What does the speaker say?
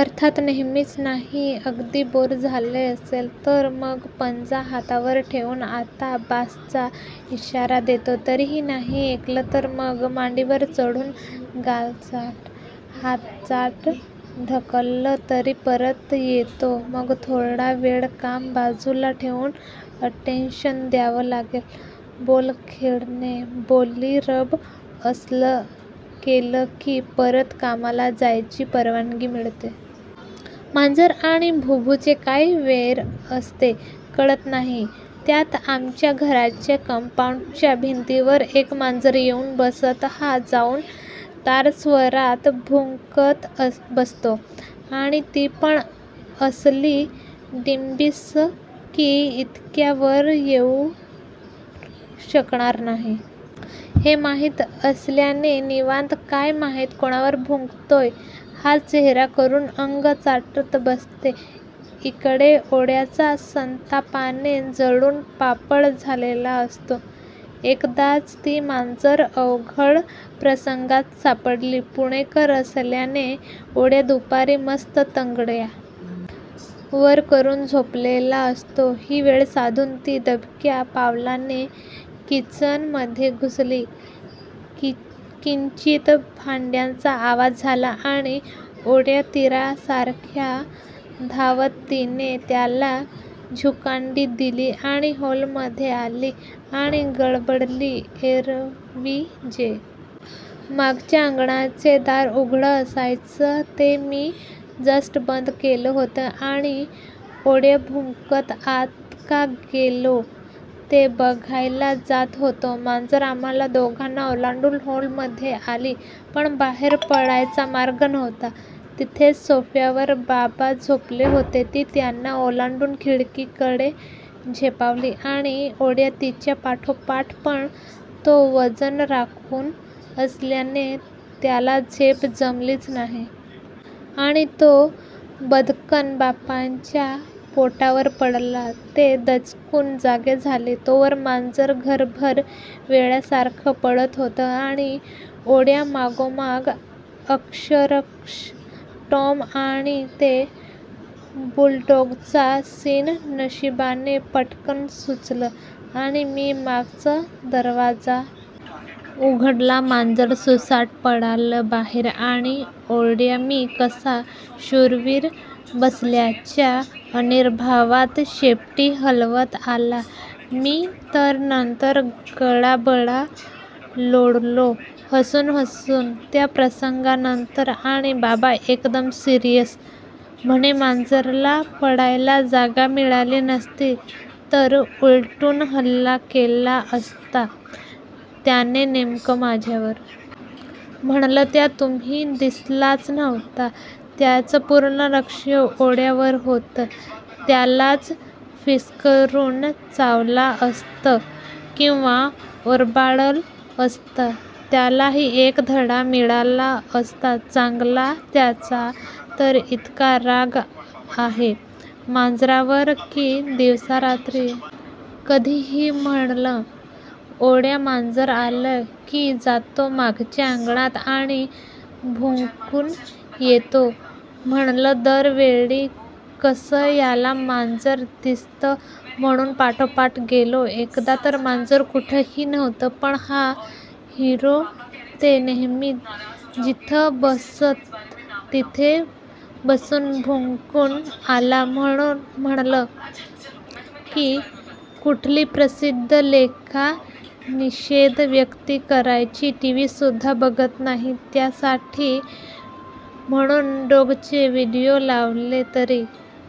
अर्थात नेहमीच नाही, अगदी बोर झाला असेल, तर मग पंजा हातावर ठेऊन आता बास चा इशारा देतो, तरीही नाही ऐकलं तर मग मांडीवर चढून गाल चाट, हात चाट ढकललं तरी परत येतो मग थोडा वेळ काम बाजूला ठेऊन अटेंशन द्यावं लागतं, बॉल खेळणे, बेली रब असलं केलं की परत कामाला जायची परवानगी मिळते. मांजर आणि भुभु चे काय वैर असते कळत नाही त्यात आमच्या घराच्या कंपाउंड च्या भिंतीवर एक मांजर येऊन बसत हा जाऊन तारस्वरात भुंकत बसतो. आणि ती पण असली डॅम्बिस की इतक्या वर तो येऊ शकणार नाही. हे माहिती असल्याने निवांत कायमहिती कोणावर भुंकतोय असा चेहरा करून अंग चाटत बसते इकडे ओड्या चा संतापाने जळून पापड झालेला असतो. एकदाच ती मांजर अवघड प्रसंगात सापडली पुणेकर असल्याने ओड्या दुपारी मस्त तंगड्या वर करून झोपलेला असतो ही वेळ साधून ती दबक्या पावलाने किचन मध्ये घुसली किंचित भांड्याचा आवाज झाला आणि ओड्या तिरासारखा धावला तिने त्याला झुकांडी दिली आणि हॉल मध्ये आली आणि गडबडली एरवी जे मागच्या अंगणाचे दार उघड असायचं ते मी जस्ट बंद केलं होतं आणि ओड्या भुंकत आत का गेलो ते बघायला जात होतो मांजर आम्हाला दोघांना ओलांडून हॉल मध्ये आली पण बाहेर पडायला मार्ग नव्हता तिथेच सोफ्यावर बाबा झोपले होते ती त्यांना ओलांडून खिडकीकडे झेपावली आणि ओड्या तिच्यापाठोपाठ पण तो वजन राखून असल्याने त्याला झेप जमलीच नाही. आणि तो बदकन बाबांच्या पोटावर पडला ते दचकून जागे झाले तोवर मांजर घरभर वेड्यासारखं पळत होत. आणि ओड्या मागोमाग अक्षरशः टॉम आणि ते बुलडॉग चा सिन नशिबाने पटकन सुचलं आणि मी मागचा दरवाजा उघडला मांजर सुसाट पळालं बाहेर आणि ओड्या मी कसा शूरबीर असल्याच्या अविर्भावात शेपटी हलवत आला मी तर नंतर गडाबडा लोळलो हसून हसून त्या प्रसंगानंतर आणि बाबा एकदम सिरीयस, म्हणे मांजराला पळायला जागा मिळाली नसती तर उलटून हल्ला केला असता त्याने नेमकं माझ्यावर. म्हणलं त्याला तुम्ही दिसलाच नव्हता, त्याचं पूर्ण लक्ष ओड्या वर होतं त्यालाच फिस्करून चावला असतं किंवा ओरबाडल असतं त्यालाही एक धडा मिळाला असता चांगला त्याचा तर इतका राग आहे मांजरावर की दिवसा रात्री कधीही म्हणलं, ओड्या मांजर आलं की जातो मागच्या अंगणात आणि भुंकून येतो म्हणलं दर वेळी कसं याला मांजर दिसतं म्हणून पाठोपाठ गेलो एकदा तर मांजर कुठंही नव्हतं पण हा हिरो ते नेहमी जिथं बसतं तिथे बघून भुंकून आला म्हणलं की कुठली पद्धत लेका निषेध व्यक्त करायची टीव्ही सुद्धा बघत नाही. त्याच्यासाठी म्हणून डॉग चे व्हीडिओ लावले तरी,--